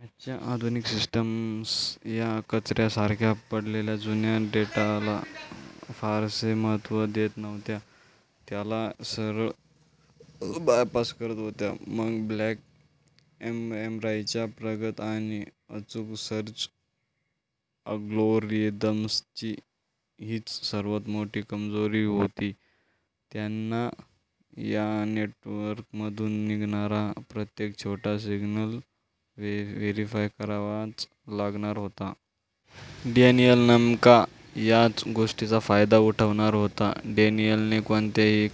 आजच्या आधुनिक सिस्टीम्स या कचऱ्यासारख्या पडलेल्या जुन्या डेटाला फारसे महत्त्व देत नव्हत्या, त्याला सरळ बायपास करत होत्या. मग ब्लॅक एम्बरायच्या प्रगत आणि अचूक सर्च अल्गोरिदम्सची हीच सर्वात मोठी कमजोरी होती. त्यांना या नेटवर्कमधून निघणारा प्रत्येक छोटा सिग्नल व्हेरिफाय करावाच लागणार होता. डॅनियल नेमका याच गोष्टीचा फायदा उठवणार होता. डॅनियलने कोणत्याही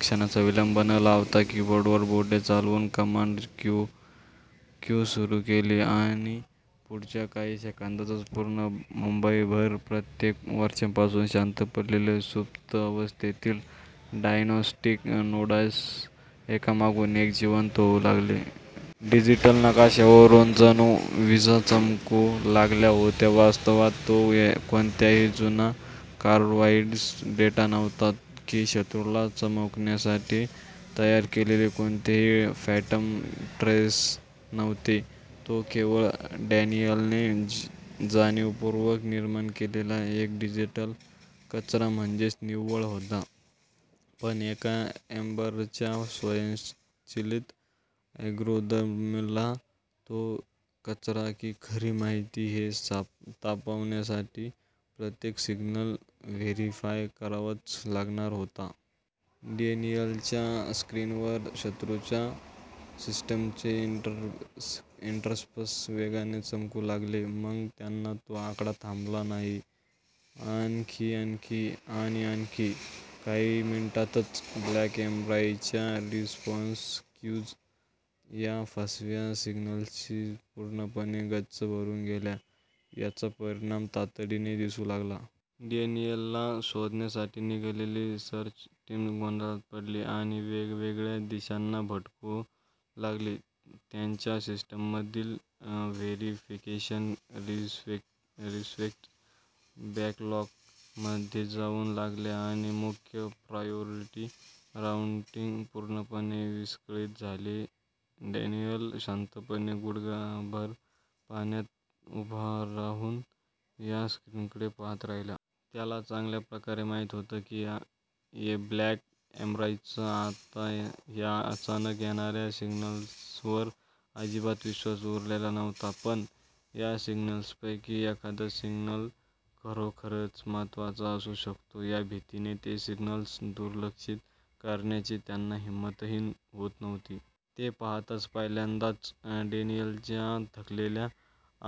क्षणाचा विलंब न लावता कीबोर्डवर बोटे चालवून कमांड क्यू सुरू केली आणि पुढच्या काही सेकंदांतच, संपूर्ण मुंबईभर कित्येक वर्षांपासून शांत पडलेले, सुप्त अवस्थेतील डायग्नोस्टिक नोड्स एकामागून एक जिवंत होऊ लागले. डिजिटल नकाशावरून जणू विजा चमकू लागल्या होत्या. वास्तवात तो कोणत्याही जुना कारव्हाईड डेटा नव्हता, की शत्रूला चमकवण्यासाठी तयार केलेले कोणतेही फँटम ट्रेल्स नव्हते. तो केवळ डॅनियलने जाणीवपूर्वक निर्माण केलेला एक डिजिटल कचरा म्हणजेच निव्वळ होता, पण एका एम्बरच्या स्वयंचलित अल्गोरिदमला तो कचरा की खरी माहिती, हे तापवण्यासाठी प्रत्येक सिग्नल व्हेरीफाय करावाच लागणार होता. डॅनियलच्या स्क्रीनवर शत्रूच्या सिस्टीमचे इंटरसेप्ट्स वेगाने चमकू लागले, आणि मग तो आकडा थांबला नाही. आणखी... आणखी... आणि आणखी! काही मिनिटांतच ब्लॅक एम्बरच्या रिस्पॉन्स क्यूज या फसव्या सिग्नल्सनी पूर्णपणे गच्च भरून गेल्या. याचा परिणाम तातडीने दिसू लागला. डॅनियलला शोधण्यासाठी निघालेली सर्च टीम्स गोंधळात पडली आणि वेगवेगळ्या दिशांना भरकू लागली. त्यांच्या सिस्टीममधील व्हेरीफिकेशन रिक्वेस्ट्स बॅकलॉग मध्ये जाऊ लागल्या आणि मुख्य प्रायोरिटी राउटिंग पूर्णपणे विस्कळीत झाले. डॅनियल शांतपणे, गुडघाभर पाण्यात उभा राहून त्या स्क्रीनकडे पाहत राहिला. त्याला चांगल्या प्रकारे माहीत होते की, ब्लॅक एम्बरचा आता या अचानक येणाऱ्या सिग्नल्सवर अजिबात विश्वास उरलेला नव्हता. पण, या सिग्नल्सपैकी एखादा सिग्नल खरोखरच महत्त्वाचा असू शकतो, या भीतीने ते सिग्नल्स दुर्लक्षित करण्याची त्यांना हिंमतही होत नव्हती. ते पाहताच, पहिल्यांदाच डॅनियलच्या थकलेल्या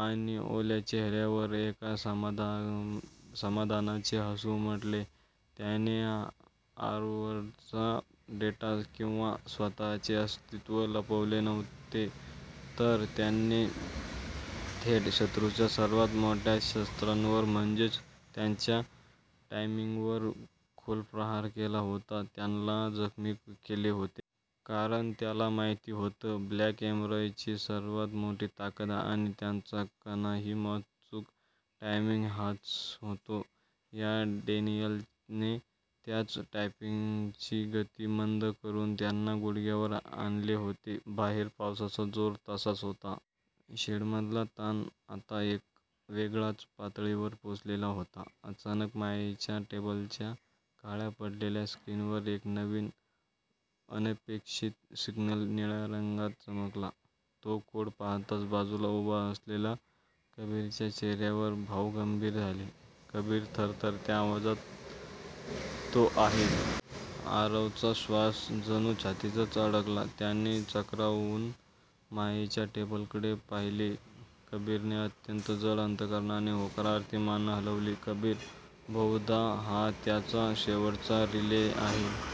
आणि ओल्या चेहऱ्यावर एक समाधानाचे हसू उमटले. त्याने आरवरचा डेटा किंवा स्वतःचे अस्तित्व लपवले नव्हते, तर त्याने थेट शत्रूच्या सर्वात मोठ्या शस्त्रावर म्हणजेच त्यांच्या टायमिंगवर खोल प्रहार केला होता, त्याला जखमी केले होते. कारण त्याला माहीती होतं, ब्लॅक एम्बरची सर्वात मोठी ताकद आणि त्यांचा कणा हा अचूक टायमिंग हाच होतो आणि डॅनियलने त्याच टायमिंगची गती मंद करून त्यांना गुडघ्यावर आणले होते. बाहेर पावसाचा जोर तसाच होता. शेडमधला ताण आता एक वेगळाच पातळीवर पोहचलेला होता. अचानक, मायेच्या टेबलच्या काळ्या पडलेल्या स्क्रीनवर एक नवीन, अनपेक्षित सिग्नल निळ्या रंगात चमकला. तो कोड पाहताच बाजूला उभा असलेला कबीरच्या चेहऱ्यावरचे भाव गंभीर झाले. कबीर थरथरात्या आवाजात, "तो आहे... " आरवचा श्वास जणू छातीतच अडकला. त्याने चक्रावून मायेच्या टेबलकडे पाहिले. कबीरने अत्यंत जड अंतःकरणाने होकारार्थी मान हलवली. कबीर, "बहुधा... हा त्याचा शेवटचा रिले आहे.